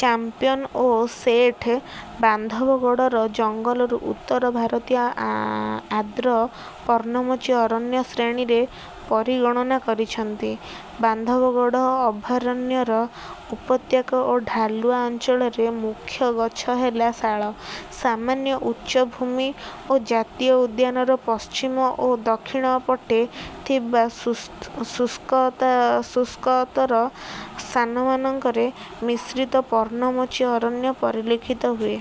ଚାମ୍ପ୍ୟନ୍ ଓ ସେଠ ବାନ୍ଧବଗଡ଼ର ଜଙ୍ଗଲକୁ ଉତ୍ତର ଭାରତୀୟ ଆର୍ଦ୍ର ପର୍ଣ୍ଣମୋଚୀ ଅରଣ୍ୟ ଶ୍ରେଣୀରେ ପରିଗଣନା କରିଛନ୍ତି। ବାନ୍ଧବଗଡ଼ ଅଭୟାରଣ୍ୟର ଉପତ୍ୟକା ଓ ଢାଲୁଆ ଅଞ୍ଚଳରେ ମୁଖ୍ୟ ଗଛ ହେଲା ଶାଳ। ସାମାନ୍ୟ ଉଚ୍ଚ ଭୂମି ଓ ଜାତୀୟ ଉଦ୍ୟାନର ପଶ୍ଚିମ ଓ ଦକ୍ଷିଣ ପଟେ ଥିବା ଶୁଶ ଶୁଷ୍କତା ଶୁଷ୍କତର ସ୍ଥାନମାନଙ୍କରେ ମିଶ୍ରିତ ପର୍ଣ୍ଣମୋଚୀ ଅରଣ୍ୟ ପରିଲକ୍ଷିତ ହୁଏ।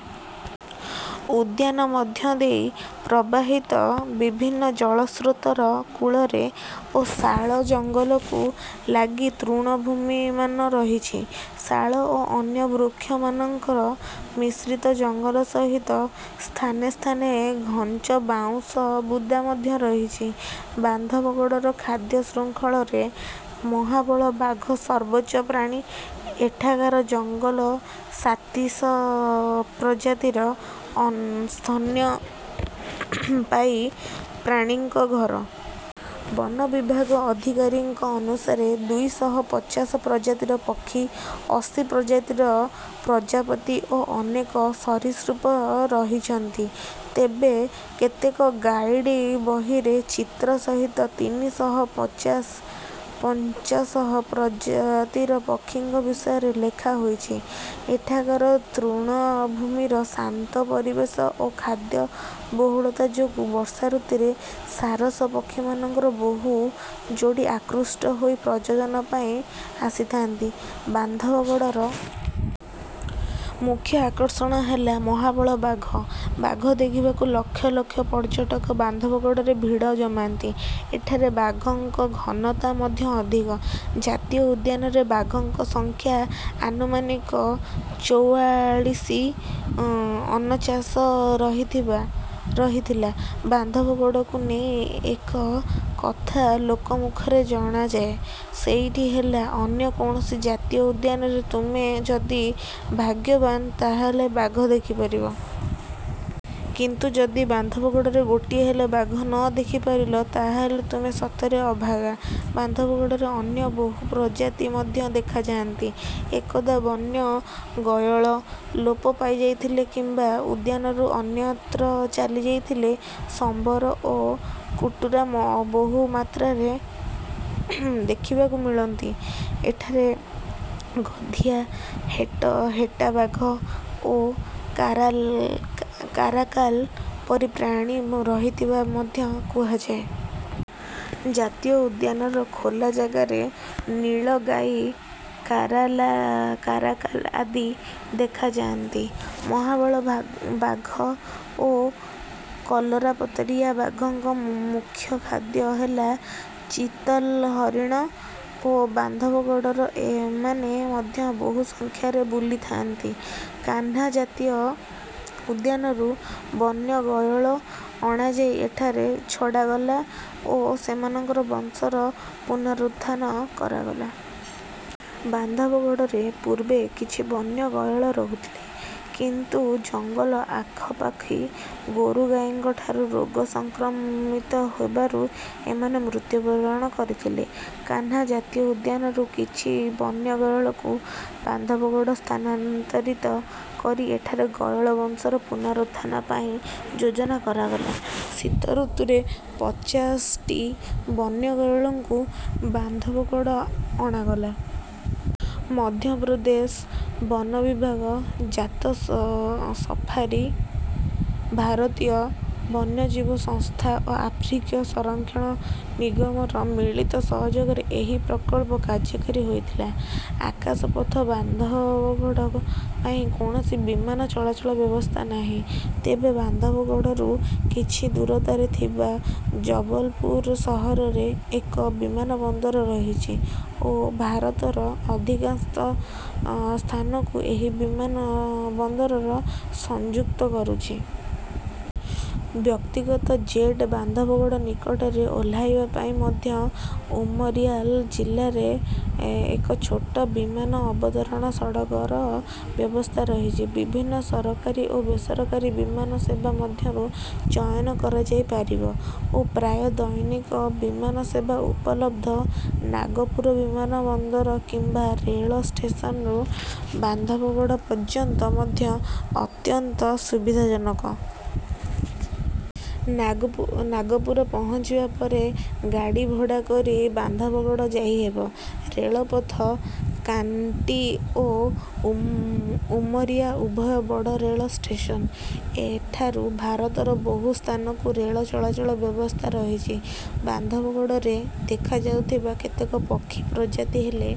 ଉଦ୍ୟାନ ମଧ୍ୟ ଦେଇ ପ୍ରବାହିତ ବିଭିନ୍ନ ଜଳସ୍ରୋତର କୂଳରେ ଓ ଶାଳ ଜଙ୍ଗଲକୁ ଲାଗି ତୃଣଭୂମିମାନ ରହିଛି। ଶାଳ ଓ ଅନ୍ୟ ବୃକ୍ଷମାନଙ୍କ ମିଶ୍ରିତ ଜଙ୍ଗଲ ସହିତ ସ୍ଥାନେ ସ୍ଥାନେ ଘଞ୍ଚ ବାଉଁଶ ବୁଦା ମଧ୍ୟ ରହିଛି। ବାନ୍ଧବଗଡ଼ର ଖାଦ୍ୟଶୃଙ୍ଖଳରେ ମହାବଳ ବାଘ ସର୍ବୋଚ୍ଚ ପ୍ରାଣୀ। ଏଠାକାର ଜଙ୍ଗଲ ସାତିଶ ପ୍ରଜାତିର ସ୍ତନ୍ୟପାୟୀ ପ୍ରାଣୀଙ୍କ ଘର। ବନ ବିଭାଗ ଅଧିକାରୀଙ୍କ ଅନୁସାରେ ଦୁଇ ଶହ ପାଞ୍ଚଶ ପ୍ରଜାତିର ପକ୍ଷୀ, ଅଶୀ ପ୍ରଜାତିର ପ୍ରଜାପତି ଓ ଅନେକ ସରୀସୃପ ରହିଛନ୍ତି। ତେବେ କେତେକ ଗାଇଡ୍ ବହିରେ ଚିତ୍ର ସହିତ ତିନି ଶହ ପାଞ୍ଚଶ ପ୍ରଜାତିର ପକ୍ଷୀଙ୍କ ବିଷୟରେ ଲେଖା ହୋଇଛି। ଏଠାକାର ତୃଣଭୂମିର ଶାନ୍ତ ପରିବେଶ ଓ ଖାଦ୍ୟ ବହୁଳତା ଯୋଗୁଁ ବର୍ଷାଋତୁରେ ସାରସ ପକ୍ଷୀମାନଙ୍କ ବହୁ ଯୋଡ଼ି ଆକୃଷ୍ଟ ହୋଇ ପ୍ରଜନନ ପାଇଁ ଆସିଥାନ୍ତି। ବାନ୍ଧବଗଡ଼ର ମୁଖ୍ୟ ଆକର୍ଷଣ ହେଲା ମହାବଳ ବାଘ। ବାଘ ଦେଖିବାକୁ ଲକ୍ଷ ଲକ୍ଷ ପର୍ଯ୍ୟଟକ ବାନ୍ଧବଗଡ଼ରେ ଭିଡ଼ ଜମାନ୍ତି। ଏଠାରେ ବାଘଙ୍କ ଘନତା ମଧ୍ୟ ଅଧିକ। ଜାତୀୟ ଉଦ୍ୟାନରେ ବାଘଙ୍କ ସଂଖ୍ୟା ଆନୁମାନିକ ଚୌଆଳିଶିରୁ ଅନଚାଶ ରହିଥିବା ରହିଥିଲା । ବାନ୍ଧବଗଡ଼କୁ ନେଇ ଏକ କଥା ଲୋକମୁଖରେ ଜଣାଯାଏ। ସେଇଟି ହେଲା ଅନ୍ୟ କୌଣସି ଜାତୀୟ ଉଦ୍ୟାନରେ ତୁମେ ଯଦି ଭାଗ୍ୟବାନ୍, ତା'ହେଲେ ବାଘ ଦେଖିପାରିବ। କିନ୍ତୁ ଯଦି ବାନ୍ଧବଗଡ଼ରେ ଗୋଟିଏ ହେଲେ ବାଘ ନ ଦେଖିପାରିଲ, ତା'ହେଲେ ତୁମେ ସତରେ ଅଭାଗା। ବାନ୍ଧବଗଡ଼ରେ ଅନ୍ୟ ବହୁ ପ୍ରଜାତି ମଧ୍ୟ ଦେଖାଯାନ୍ତି। ଏକଦା ବନ୍ୟ ଗୟଳ ଲୋପ ପାଇଯାଇଥିଲେ କିମ୍ବା ଉଦ୍ୟାନରୁ ଅନ୍ୟତ୍ର ଚାଲିଯାଇଥିଲେ। ସମ୍ବର ଓ କୁଟୁରା ବହୁମାତ୍ରାରେ ଦେଖିବାକୁ ମିଳନ୍ତି। ଏଠାରେ ଗଧିଆ, ହେଟ ହେଟା ବାଘ ଓ କାରା କାରାକାଲ୍ ପରି ପ୍ରାଣୀ ରହିଥିବା ମଧ୍ୟ କୁହାଯାଏ। ଜାତୀୟ ଉଦ୍ୟାନର ଖୋଲା ଜାଗାରେ ନୀଳଗାଈ, କାରାଲା କାରାକାଲ୍ ଆଦି ଦେଖାଯାନ୍ତି। ମହାବଳ ବାଘ ଓ କଲରାପତରିଆ ବାଘଙ୍କ ମୁଖ୍ୟ ଖାଦ୍ୟ ହେଲା ଚିତଲ୍ ହରିଣ ଓ ବାନ୍ଧବଗଡ଼ରେ ଏମାନେ ମଧ୍ୟ ବହୁ ସଂଖ୍ୟାରେ ବୁଲୁଥାନ୍ତି। କାହ୍ନା ଜାତୀୟ ଉଦ୍ୟାନରୁ ବନ୍ୟ ଗୟଳ ଅଣାଯାଇ ଏଠାରେ ଛଡ଼ାଗଲା ଓ ସେମାନଙ୍କ ବଂଶର ପୁନରୁତ୍ଥାନ କରାଗଲା। ବାନ୍ଧବଗଡ଼ରେ ପୂର୍ବେ କିଛି ବନ୍ୟ ଗୟଳ ରହୁଥିଲେ। କିନ୍ତୁ ଜଙ୍ଗଲ ଆଖାପାଖି ଗୋରୁଗାଈଙ୍କଠାରୁ ରୋଗ ସଂକ୍ରମିତ ହେବାରୁ ଏମାନେ ମୃତ୍ୟୁବରଣ କରିଥିଲେ। କାହ୍ନା ଜାତୀୟ ଉଦ୍ୟାନରୁ କିଛି ବନ୍ୟ ଗୟଳଙ୍କୁ ବାନ୍ଧବଗଡ଼ ସ୍ଥାନାନ୍ତରିତ କରି ଏଠାରେ ଗୟଳ ବଂଶର ପୁନରୁତ୍ଥାନ ପାଇଁ ଯୋଜନା କରାଗଲା। ଶୀତଋତୁରେ ପଚାଶଟି ବନ୍ୟ ଗୟଳଙ୍କୁ ବାନ୍ଧବଗଡ଼ ଅଣାଗଲା। ମଧ୍ୟପ୍ରଦେଶ ବନ ବିଭାଗ, ତାଜ ସଫାରୀ, ଭାରତୀୟ ବନ୍ୟଜୀବ ସଂସ୍ଥା ଓ ଆଫ୍ରିକୀୟ ସଂରକ୍ଷଣ ନିଗମର ମିଳିତ ସହଯୋଗରେ ଏହି ପ୍ରକଳ୍ପ କାର୍ଯ୍ୟକାରୀ ହୋଇଥିଲା। ଆକାଶପଥ ବାନ୍ଧବଗଡ଼ ପାଇଁ କୌଣସି ବିମାନ ଚଳାଚଳ ବ୍ୟବସ୍ଥା ନାହିଁ। ତେବେ ବାନ୍ଧବଗଡ଼ରୁ କିଛି ଦୂରତାରେ ଥିବା ଜବଲପୁର ସହରରେ ଏକ ବିମାନବନ୍ଦର ରହିଛି ଓ ଭାରତର ଅଧିକାଂଶ ସ୍ଥାନକୁ ଏହି ବିମାନବନ୍ଦରର ସଂଯୁକ୍ତ କରୁଛି। ବ୍ୟକ୍ତିଗତ ଜେଟ୍ ବାନ୍ଧବଗଡ଼ ନିକଟରେ ଓହ୍ଲାଇବା ପାଇଁ ମଧ୍ୟ ଉମରିଆ ଜିଲ୍ଲାରେ ଏକ ଛୋଟ ବିମାନ ଅବତରଣ ସଡ଼କର ବ୍ୟବସ୍ଥା ରହିଛି। ବିଭିନ୍ନ ସରକାରୀ ଓ ବେସରକାରୀ ବିମାନ ସେବା ମଧ୍ୟରୁ ଚୟନ କରାଯାଇପାରିବ ଓ ପ୍ରାୟ ଦୈନିକ ବିମାନ ସେବା ଉପଲବ୍ଧ। ନାଗପୁର ବିମାନବନ୍ଦର କିମ୍ବା ରେଳ ଷ୍ଟେସନରୁ ବାନ୍ଧବଗଡ଼ ପର୍ଯ୍ୟନ୍ତ ମଧ୍ୟ ଅତ୍ୟନ୍ତ ସୁବିଧାଜନକ। ନାଗପୁ ନାଗପୁର ପହଞ୍ଚିବା ପରେ ଗାଡ଼ି ଭଡ଼ା କରି ବାନ୍ଧବଗଡ଼ ଯାଇହେବ। ରେଳପଥ କାଟ୍ନି ଓ ଉମରିଆ ଉଭୟ ବଡ଼ ରେଳ ଷ୍ଟେସନ୍। ଏଠାରୁ ଭାରତର ବହୁ ସ୍ଥାନକୁ ରେଳ ଚଳାଚଳ ବ୍ୟବସ୍ଥା ରହିଛି। ବାନ୍ଧବଗଡ଼ରେ ଦେଖାଯାଉଥିବା କେତେକ ପକ୍ଷୀ ପ୍ରଜାତି ହେଲେ